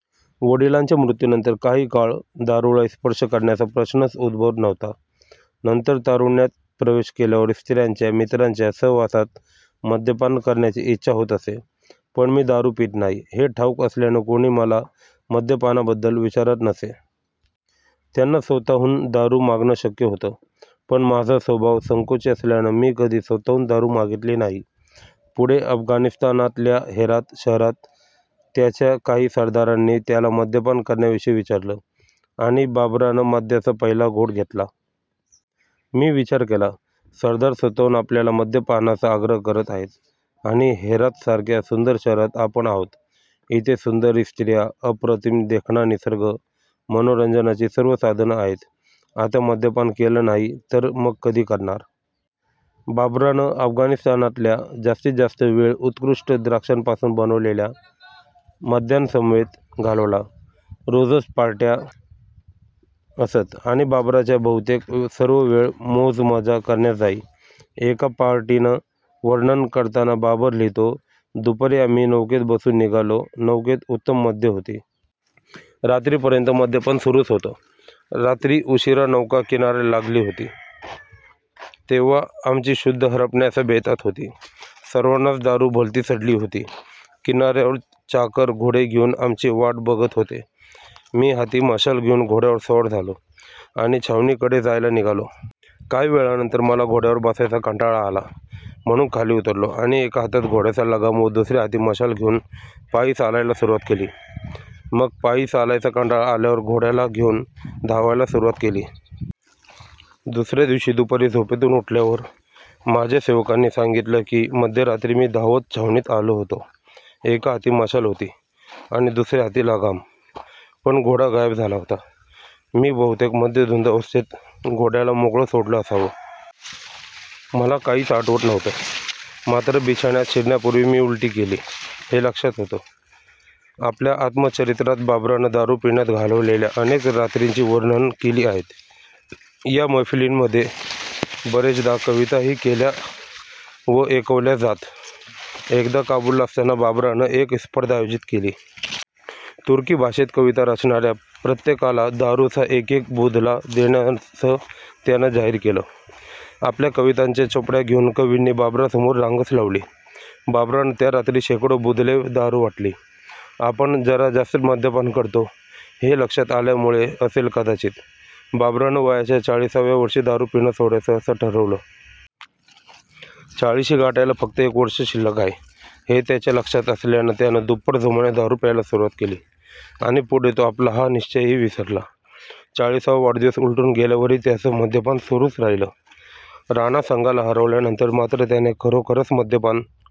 वडिलांच्या मृत्यूनंतर काही काळ दारूला स्पर्श करण्याचा प्रश्नच उद्भवत नव्हता. नंतर तारुण्यात प्रवेश केल्यावर स्त्रियांच्या, मित्रांच्या सहवासात मद्यपान करण्याची इच्छा होत असे. पण मी दारू पीत नाही, हे ठाऊक असल्यानं कोणी मला मद्यपानाबद्दल विचारतच नसे. त्यांना स्वतःहून दारू मागणं शक्य होतं, पण माझा स्वभाव संकोची असल्यानं मी कधी स्वतःहून दारू मागितली नाही. पुढे अफगाणिस्तानातल्या हेरात शहरात त्याच्या काही सरदारांनी त्याला मद्यपान करण्याविषयी विचारलं, आणि बाबरानं मद्याचा पहिला घोट घेतला. मी विचार केला, सरदार स्वतःहून आपल्याला मद्यपानाचा आग्रह करत आहेत, आणि हेरातसारख्या सुंदर शहरात आपण आहोत. इथे सुंदर स्त्रिया, अप्रतिम देखणा निसर्ग, मनोरंजनाची सर्व साधनं आहेत. आता मद्यपान केलं नाही, तर मग कधी करणार? बाबरानं अफगाणिस्तानातला जास्तीत जास्त वेळ उत्कृष्ट द्राक्षांपासून बनवलेल्या मद्यांसमवेत घालवला. रोजच पार्ट्या असत, आणि बाबराच्या बहुतेक सर्व वेळ मौजमजा करण्यात जाई. एका पार्टीचं वर्णन करताना बाबर लिहितो, दुपारी आम्ही नौकेत बसून निघालो. नौकेत उत्तम मद्यं होती. रात्रीपर्यंत मद्यपान सुरूच होतं. रात्री उशिरा नौका किनाऱ्याला लागली तेव्हा आमची शुद्ध हरपण्याच्या बेतात होती. सर्वांनाच दारू भलतीच चढली होती. किनाऱ्यावर चाकर घोडे घेऊन आमची वाट बघत होते. मी हाती मशाल घेऊन घोड्यावर स्वार झालो, आणि छावणीकडे जायला निघालो. काही वेळानंतर मला घोड्यावर बसायचा कंटाळा आला, म्हणून खाली उतरलो आणि एका हातात घोड्याचा लगाम व दुसऱ्या हाती मशाल घेऊन पायी चालायला सुरुवात केली. मग पायी चालायचा कंटाळा आल्यावर घोड्याला घेऊन धावायला सुरुवात केली. दुसऱ्या दिवशी दुपारी झोपेतून उठल्यावर माझ्या सेवकांनी सांगितलं की मध्यरात्री मी धावत छावणीत आलो होतो. एका हाती मशाल होती आणि दुसऱ्या हाती लगाम. पण घोडा गायब झाला होता. मी बहुतेक मद्यधुंद अवस्थेत घोड्याला मोकळं सोडलं असावं. मला काहीच आठवत नव्हतं. मात्र बिछान्यात शिरण्यापूर्वी मी उलटी केली, हे लक्षात होतं. आपल्या आत्मचरित्रात बाबरानं दारू पिण्यात घालवलेल्या अनेक रात्रींची वर्णनं केली आहेत. या मैफिलींमध्ये बरेचदा कविताही केल्या व ऐकवल्या जात. एकदा काबुलला असताना बाबरानं एक स्पर्धा आयोजित केली. तुर्की भाषेत कविता रचणाऱ्या प्रत्येकाला दारूचा एकेक बुधला देण्याचं त्यानं जाहीर केलं. आपल्या कवितांच्या चोपड्या घेऊन कवींनी बाबरासमोर रांगच लावली. बाबरानं त्या रात्री शेकडो बुधले दारू वाटली. आपण जरा जास्तच मद्यपान करतो, हे लक्षात आल्यामुळे असेल कदाचित, बाबरानं वयाच्या चाळिसाव्या वर्षी दारू पिणं सोडायचं, असं ठरवलं. चाळिशी गाठायला फक्त एक वर्ष शिल्लक आहे, हे त्याच्या लक्षात असल्यानं त्यानं दुप्पट जोमाने दारू प्यायला सुरुवात केली, आणि पुढे तो आपला हा निश्चयही विसरला. चाळिसावा वाढदिवस उलटून गेल्यावरही त्याचं मद्यपान सुरूच राहिलं. राणा संगाला हरवल्यानंतर मात्र त्याने खरोखरंच मद्यपान